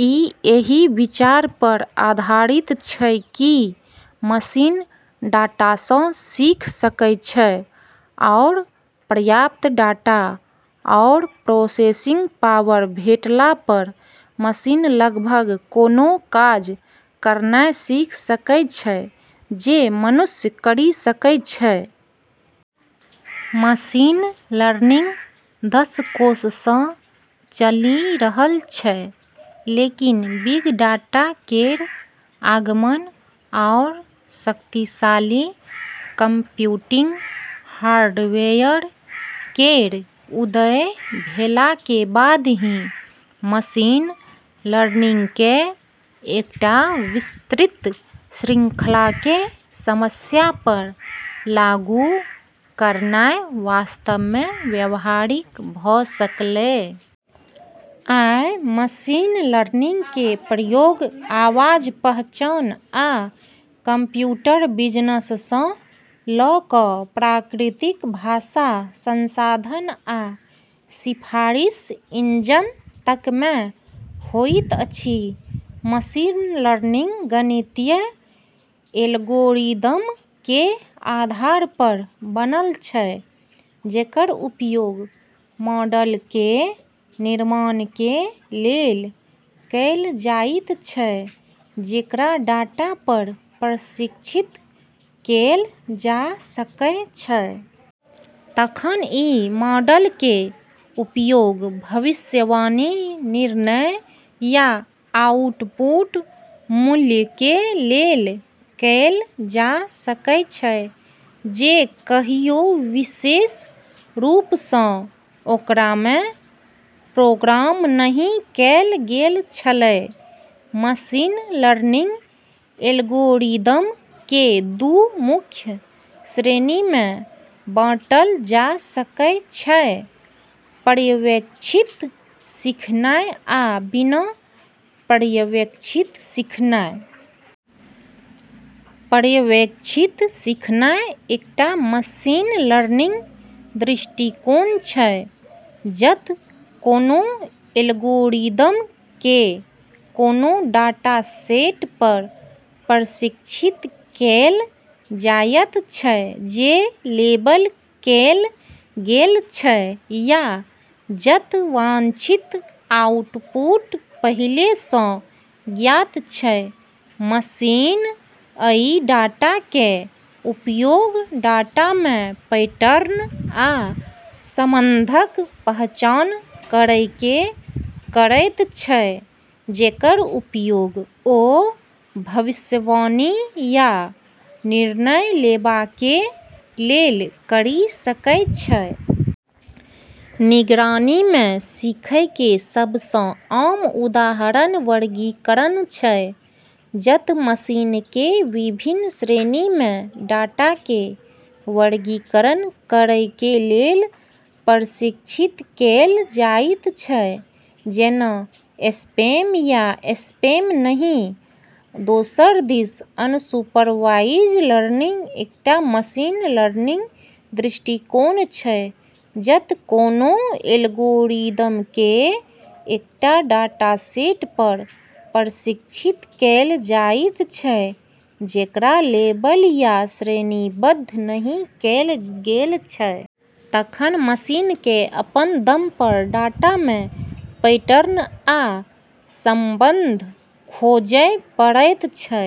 ई एहि विचार पर आधारित छै कि मशीन डाटासँ सीख सकै छै, आओर पर्याप्त डाटा आओर प्रोसेसिंग पावर भेटला पर मशीन लगभग कोनो काज करनाइ सीख सकै छै जे मनुष्य करि सकै छै। मशीन लर्निंग दशकोंसँ चलि रहल छै, लेकिन बिग डाटा केर आगमन आओर शक्तिशाली कंप्यूटिंग हार्डवेयर केर उदय भेलाके बाद ही मशीन लर्निंगके एकटा विस्तृत श्रृंखलाके समस्या पर लागू करनाइ वास्तवमे व्यावहारिक भ' सकलै । आइ मशीन लर्निंग के प्रयोग आवाज़ पहचान आ कम्प्यूटर विजनसँ ल' क' प्राकृतिक भाषा संसाधन आ सिफारिश इंजन तकमे होइत अछि। मशीन लर्निंग गणितीय एल्गोरिदमके आधार पर बनल छै जेकर उपयोग मॉडलके निर्माणके लेल कैल जाइत छै जेकरा डाटा पर प्रशिक्षित कैल जा सकै छै। तखन ई मॉडलके उपयोग भविष्यवाणी, निर्णय या आउटपुट मूल्यके लेल कैल जा सकै छै जे कहियो विशेष रूपसँ ओकरामे प्रोग्राम नहि कैल गेल छलै। मशीन लर्निंग एल्गोरिदमके दू मुख्य श्रेणीमे बांटल जा सकै छै: पर्यवेक्षित सिखनाइ आ बिना पर्यवेक्षित सिखनाइ। पर्यवेक्षित सिखनाइ एकटा मशीन लर्निंग दृष्टिकोण छै जत' कोनो एल्गोरिदमके कोनो डाटासेट पर प्रशिक्षित कैल जायत छै जे लेबल कैल गेल छै, या जत' वांछित आउटपुट पहिले सँ ज्ञात छै। मशीन अइ डाटाके उपयोग डाटामे पैटर्न आ संबंधक पहचान करैके करैत छै जेकर उपयोग ओ भविष्यवाणी या निर्णय लेबाके लेल करि सकै छै। निगरानीमे सीखैके सबसँ आम उदाहरण वर्गीकरण छै, जत' मशीनके विभिन्न श्रेणीमे डाटाके वर्गीकरण करैके लेल प्रशिक्षित कैल जाइत छै, जेना स्पैम या स्पैम नहि। दोसर दिस, अनसुपरवाइज लर्निंग एकटा मशीन लर्निंग दृष्टिकोण छै जत' कोनो एल्गोरिदमके एकटा डाटासेट पर प्रशिक्षित कैल जाइत छै जेकरा लेबल या श्रेणीबद्ध नहि कैल गेल छै। तखन मशीनके अपन दम पर डाटामे पैटर्न आ संबंध खोजै पड़ैत छै।